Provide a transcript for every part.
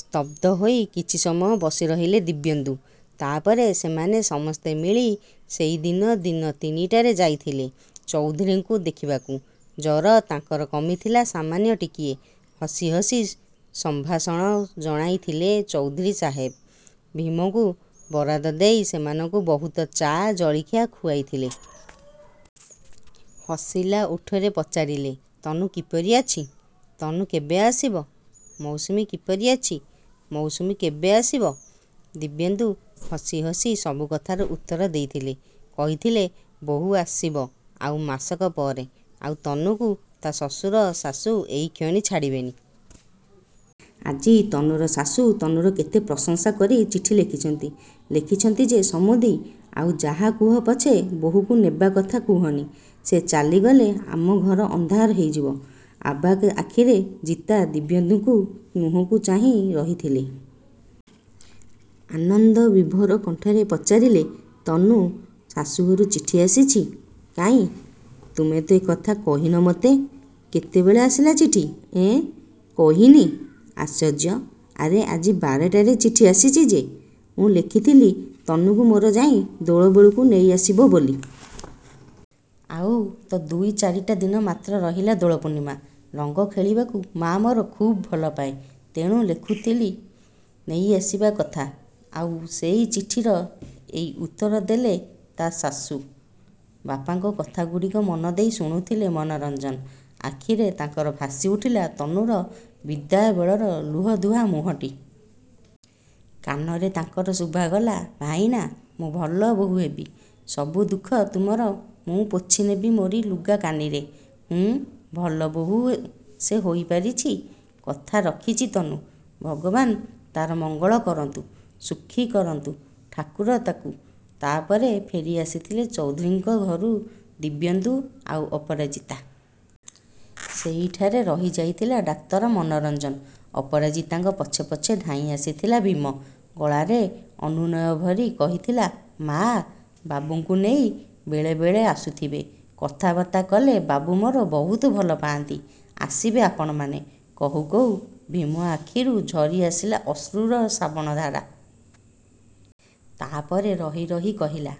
ସ୍ତବ୍ଧ ହୋଇ କିଛି ସମୟ ବସିରହିଲେ ଦିବ୍ୟେନ୍ଦୁ। ତା'ପରେ... ସେମାନେ ସମସ୍ତେ ମିଳି ସେଇଦିନ ଦିନ ତିନିଟାରେ ଯାଇଥିଲେ ଚୌଧୁରୀଙ୍କୁ ଦେଖିବାକୁ। ଜ୍ୱର ତାଙ୍କର କମିଥିଲା ସାମାନ୍ୟ ଟିକିଏ। ହସି ହସି ସମ୍ଭାଷଣ ଜଣାଇଥିଲେ ଚୌଧୁରୀ ସାହେବ। ଭୀମକୁ ବରାଦ ଦେଇ ସେଇମାନଙ୍କୁ ବହୁତ ଚା, ଜଳଖିଆ ଖୁଆଇଥିଲେ। ହସିଲା ଓଠରେ ପଚାରିଲେ–ତନୁ କିପରି ଅଛି? ତନୁ କେବେ ଆସିବ? ମୌସୁମୀ କିପରି ଅଛି-? ମୌସୁମୀ କେବେ ଆସିବ? ଦିବ୍ୟେନ୍ଦୁ ହସି ହସି ସବୁ କଥାର ଉତ୍ତର ଦେଇଥିଲେ। କହିଥିଲେ– ବୋହୂ ଆସିବ ଆଉ ମାସକ ପରେ। ଆଉ ତନୁକୁ ତା' ଶ୍ୱଶୁର ଶାଶୂ ଏଇକ୍ଷଣି ଛାଡ଼ିବେନି। ଆଜି ତନୁର ଶାଶୂ ତନୁର କେତେ ପ୍ରଶଂସା କରି ଚିଠି ଲେଖିଛନ୍ତି। ଲେଖିଛନ୍ତି ଯେ। ସମୁଦି, ଆଉ ଯାହା କୁହ ପଛେ ବୋହୂକୁ ନେବା କଥା କୁହନି। ସେ ଚାଲିଗଲେ ଆମ ଘର ଅନ୍ଧାର ହୋଇଯିବ। ଅବାକ ଆଖିରେ ଜିତା ଦିବ୍ୟେନ୍ଦୁଙ୍କ ମୁହଁକୁ ଚାହିଁ ରହିଥିଲି। ଆନନ୍ଦ ବିଭୋର କଣ୍ଠରେ ପଚାରିଲେ–ତନୁ ଶାଶୂଘରୁ ଚିଠିଆସିଛି! କାଇଁ, ତୁମେ ତ ଏ କଥା କହିନ ମତେ! କେତେବେଳେ ଆସିଲା ଚିଠି? ଏଁ, କହିନି! ଆଶ୍ଚର୍ଯ୍ୟ! ଆରେ ଆଜି ବାରଟାରେ ଚିଠି ଆସିଛି ଯେ। ମୁଁ ଲେଖିଥିଲି ତନୁକୁ ମୋର ଯାଇ ଦୋଳବେଳକୁ ନେଇଆସିବ ବୋଲି। ଆଉ ତ ଦୁଇ, ଚାରିଟା ଦିନ ମାତ୍ର ରହିଲା ଦୋଳପୂର୍ଣ୍ଣିମା। ରଙ୍ଗ ଖେଳିବାକୁ ମାଆ ମୋର ଖୁବ୍ ଭଲପାଏ। ତେଣୁ ଲେଖିଥିଲି ନେଇଆସିବା କଥା। ଆଉ ସେଇ ଚିଠିର ଏଇ ଉତ୍ତର ଦେଲେ ତା' ଶାଶୂ। ବାପାଙ୍କ କଥାଗୁଡ଼ିକ ମନଦେଇ ଶୁଣୁଥିଲେ ମନୋରଞ୍ଜନ। ଆଖିରେ ତାଙ୍କର ଭାସିଉଠିଲା ତନୁର ବିଦାୟ ବେଳର ଲୁହଧୁଆ ମୁହଁଟି। କାନରେ ତାଙ୍କର ଶୁଭିଗଲା–ଭାଇନା, ମୁଁ ଭଲ ବୋହୂ ହେବି। ସବୁ ଦୁଃଖ ତୁମର ମୁଁ ପୋଛିନେବି ମୋରି ଲୁଗା କାନିରେ। ହୁଁ ଭଲ ବୋହୂ ସେ ହୋଇପାରିଛି। କଥା ରଖିଛି ତନୁ। ଭଗବାନ ତା'ର ମଙ୍ଗଳ କରନ୍ତୁ, ସୁଖୀ କରନ୍ତୁ ଠାକୁର ତାକୁ। ତା'ପରେ ଫେରିଆସିଥିଲେ ଚୌଧୁରୀଙ୍କ ଘରୁ ଦିବ୍ୟେନ୍ଦୁ ଆଉ ଅପରାଜିତା। ସେଇଠାରେ ରହିଯାଇଥିଲେ ଡାକ୍ତର ମନୋରଞ୍ଜନ। ଅପରାଜିତାଙ୍କ ପଛେ ପଛେ ଧାଇଁଆସିଥିଲା ଭୀମ। ଗଳାରେ ଅନୁନୟ ଭରି କହିଥିଲା–ମାଆ, ବାବୁଙ୍କୁ ନେଇ ବେଳେ ବେଳେ ଆସୁଥିବେ। କଥାବାର୍ତ୍ତା କଲେ ବାବୁ ମୋର ବହୁତ ଭଲପାଆନ୍ତି। ଆସିବେ ଆପଣମାନେ। କହୁ କହୁ ଭୀମ ଆଖିରୁ ଝରିଆସିଲା ଅଶ୍ରୁର ଶ୍ରାବଣଧାରା। ତା'ପରେ ରହି ରହି କହିଲା,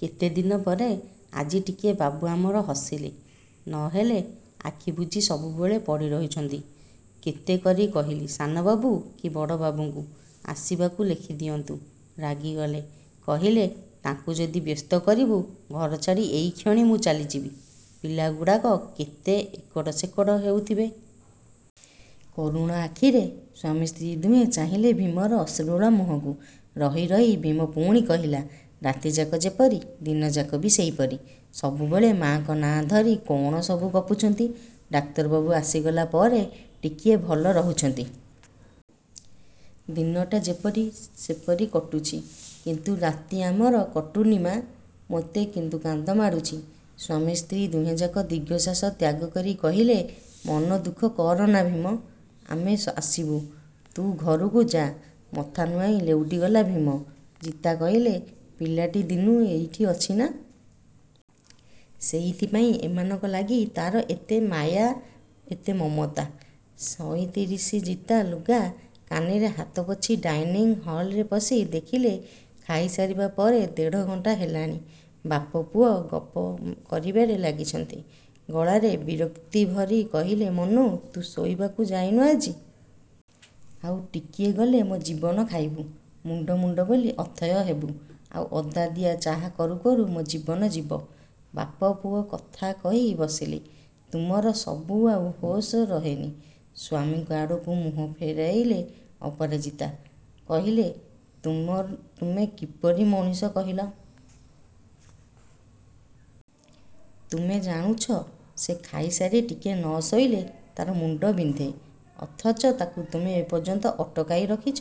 କେତେଦିନ ପରେ ଆଜି ଟିକିଏ ବାବୁ ଆମର ହସିଲେ। ନହେଲେ–ଆଖିବୁଜି ସବୁବେଳେ ପଡ଼ି ରହିଛନ୍ତି। କେତେ କରି କହିଲି–ସାନବାବୁ କି ବଡ଼ବାବୁଙ୍କୁ ଆସିବାକୁ ଲେଖିଦିଅନ୍ତୁ; ରାଗିଗଲେ। କହିଲେ–ତାଙ୍କୁ ଯଦି ବ୍ୟସ୍ତ କରିବୁ, ଘରଛାଡ଼ି ଏଇକ୍ଷଣି ମୁଁ ଚାଲିଯିବି। ପିଲାଗୁଡ଼ାକ କେତେ ଏକଡ଼ ସେକଡ଼ ହେଉଥିବେ। କରୁଣ ଆଖିରେ ସ୍ୱାମୀ ସ୍ତ୍ରୀ ଦୁହେଁ ଚାହିଁଲେ ଭୀମର ଅଶ୍ରୁଳ ମୁହଁକୁ। ରହି ରହି ଭୀମ ପୁଣି କହିଲା– ରାତିଯାକ ଯେପରି, ଦିନଯାକ ବି ସେଇପରି। ସବୁବେଳେ ମାଆଙ୍କ ନାଁ ଧରି କଅଣ ସବୁ ଗପୁଛନ୍ତି। ଡାକ୍ତର ବାବୁ ଆସିଗଲା ପରେ ଟିକିଏ ଭଲ ରହୁଛନ୍ତି। ଦିନଟା ଯେପରି ସେପରି କଟୁଛି। କିନ୍ତୁ ରାତି ଆମର କଟୁନି ମାଆ। ମତେ କିନ୍ତୁ କାନ୍ଦମାଡ଼ୁଛି। ସ୍ୱାମୀ ସ୍ତ୍ରୀ ଦୁହେଁଯାକ ଦୀର୍ଘଶ୍ୱାସ ତ୍ୟାଗକରି କହିଲେ– ମନଦୁଃଖ କରନା ଭୀମ। ଆମେ ଆସିବୁ। ତୁ ଘରକୁ ଯାଆ। ମଥା ନୁଆଁଇ ଲେଉଟିଗଲା ଭୀମ। ଜିତା କହିଲେ– ପିଲାଟି ଦିନୁଁ ଏଇଠି ଅଛି ନା। ସେଇଥିପାଇଁ ଏମାନଙ୍କ ଲାଗି ତା'ର ଏତେ ମାୟା, ଏତେ ମମତା। ସଇଁତିରିଷ ଜିତା ଲୁଗା କାନିରେ ହାତ ପୋଛି ଡାଇନିଙ୍ଗ୍ ହଲ୍ରେ ପଶି ଦେଖିଲେ–ଖାଇସାରିବା ପରେ ଦେଢ଼ଘଣ୍ଟା ହେଲାଣି–ବାପ, ପୁଅ ଗପ କରିବାରେ ଲାଗିଛନ୍ତି। ଗଳାରେ ବିରକ୍ତିଭରି କହିଲେ ମନୁ ତୁ ଶୋଇବାକୁ ଯାଇନୁ ଆଜି? ଆଉ ଟିକିଏ ଗଲେ ମୋ ଜୀବନ ଖାଇବୁ। ମୁଣ୍ଡ, ମୁଣ୍ଡ ବୋଲି ଅଥୟ ହେବୁ। ଆଉ ଅଦାଦିଆ ଚାହା କରୁ କରୁ ମୋ ଜୀବନ ଯିବ। ବାପ, ପୁଅ କଥାକହି ବସିଲେ, ତୁମର ସବୁ ଆଉ ହୋସ ରହେନି। ସ୍ୱାମୀଙ୍କଆଡ଼କୁ ମୁହଁ ଫେରାଇଲେ ଅପରାଜିତା। କହିଲେ–ତୁମେ କିପରି ମଣିଷ କହିଲ। ତୁମେ ଜାଣୁଛ ସେ ଖାଇସାରି ଟିକିଏ ନ ଶୋଇଲେ ତା'ର ମୁଣ୍ଡ ବିନ୍ଧେ। ଅଥଚ ତାକୁ ତୁମେ ଏପର୍ଯ୍ୟନ୍ତ ଅଟକାଇ ରଖିଛ।